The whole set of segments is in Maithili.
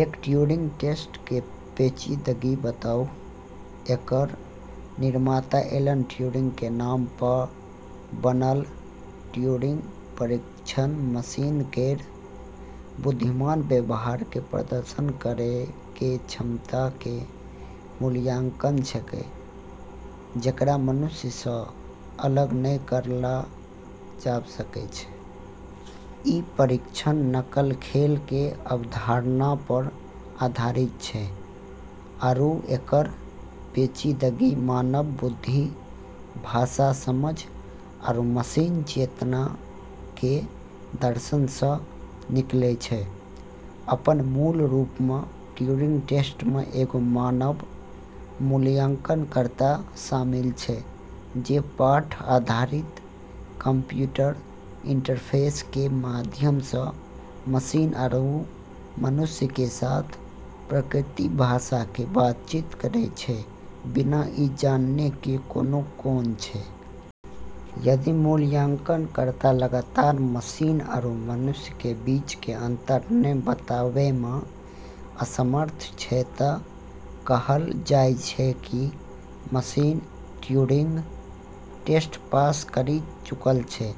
एक ट्यूरिंग टेस्ट की पेचीदगि बताउ: एकरऽ निर्माता एलन ट्यूरिंग के नाम पऽ बनलऽ ट्यूरिंग परीक्षण मशीन केरऽ बुद्धिमान व्यवहार के प्रदर्शन करै के क्षमता के मूल्यांकन छेकै जेकरा मनुष्य सऽ अलग नै करलऽ जाब सकै छै। ई परीक्षण "नकल खेल" के अवधारणा पर आधारित छै आरू एकरऽ पेचीदगी मानव बुद्धि, भाषा समझ आरू मशीन चेतना के दर्शन सऽ निकलै छै। अपनऽ मूल रूप मऽ ट्यूरिंग टेस्ट म॑ एगो मानव मूल्यांकनकर्ता शामिल छै जे पाठ आधारित कंप्यूटर इंटरफेस के माध्यम सऽ मशीन आरू मनुष्य के साथ प्राकृतिक भाषा के बातचीत करै छै, बिना ई जानने कि कोन कोन छै। यदि मूल्यांकनकर्ता लगातार मशीन आरू मनुष्य के बीच के अंतर नै बताबै में असमर्थ छै तऽ कहलऽ जाय छै कि मशीन ट्यूरिंग टेस्ट पास करी चुकलऽ छै,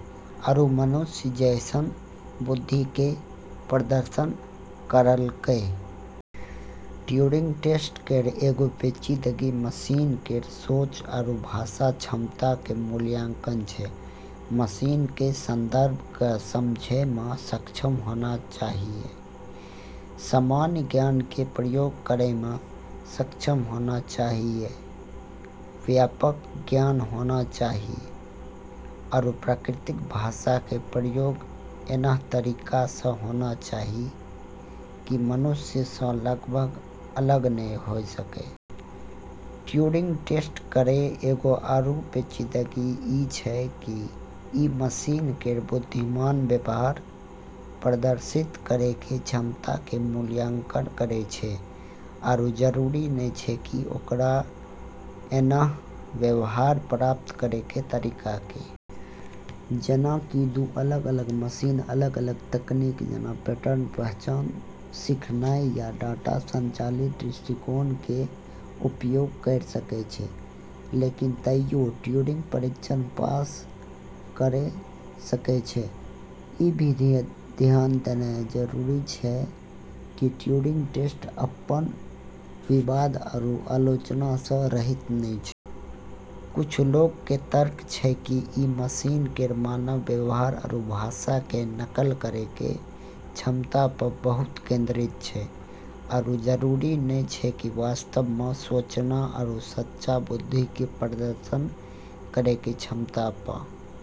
आरू मनुष्य जैसनऽ बुद्धि के प्रदर्शन करलकै। ट्यूरिंग टेस्ट केरऽ एगो पेचीदगी मशीन केरऽ "सोच" आरू भाषा क्षमता के मूल्यांकन छै। मशीन कऽ संदर्भ कऽ समझै मऽ सक्षम होना चाहियऽ, सामान्य ज्ञान के प्रयोग करै मऽ सक्षम होना चाहियऽ, व्यापक ज्ञान होना चाहियऽ, आरू प्राकृतिक भाषा के प्रयोग ऐन्हऽ तरीका सऽ होना चाहियऽ कि मनुष्य सऽ लगभग अलग नै होय सकै। ट्यूरिंग टेस्ट केरऽ एगो आरू पेचीदगी ई छै कि ई मशीन केरऽ बुद्धिमान व्यवहार प्रदर्शित करै के क्षमता के मूल्यांकन करै छै आरू जरूरी नै छै कि ओकरा ऐन्हऽ व्यवहार प्राप्त करै के तरीका के। जेना कि दू अलग-अलग मशीन अलग-अलग तकनीक जेना पैटर्न पहचान, सीखनाय या डाटा संचालित दृष्टिकोण कें उपयोग कयर सकय छै, लेकिन तइयो, ट्यूरिंग परीक्षण पास करय सकय छै। ई भी ध्यान देना जरूरी छै कि ट्यूरिंग टेस्ट अपनऽ विवाद आरू आलोचना सऽ रहित नै छै। कुछ लोगऽ के तर्क छै कि ई मशीन केरऽ मानव व्यवहार आरू भाषा के नकल करै के क्षमता पऽ बहुत केंद्रित छै, आरू जरूरी नै छै कि वास्तव मऽ "सोचना" आरू सच्चा बुद्धि के प्रदर्शन करै के क्षमता पऽ।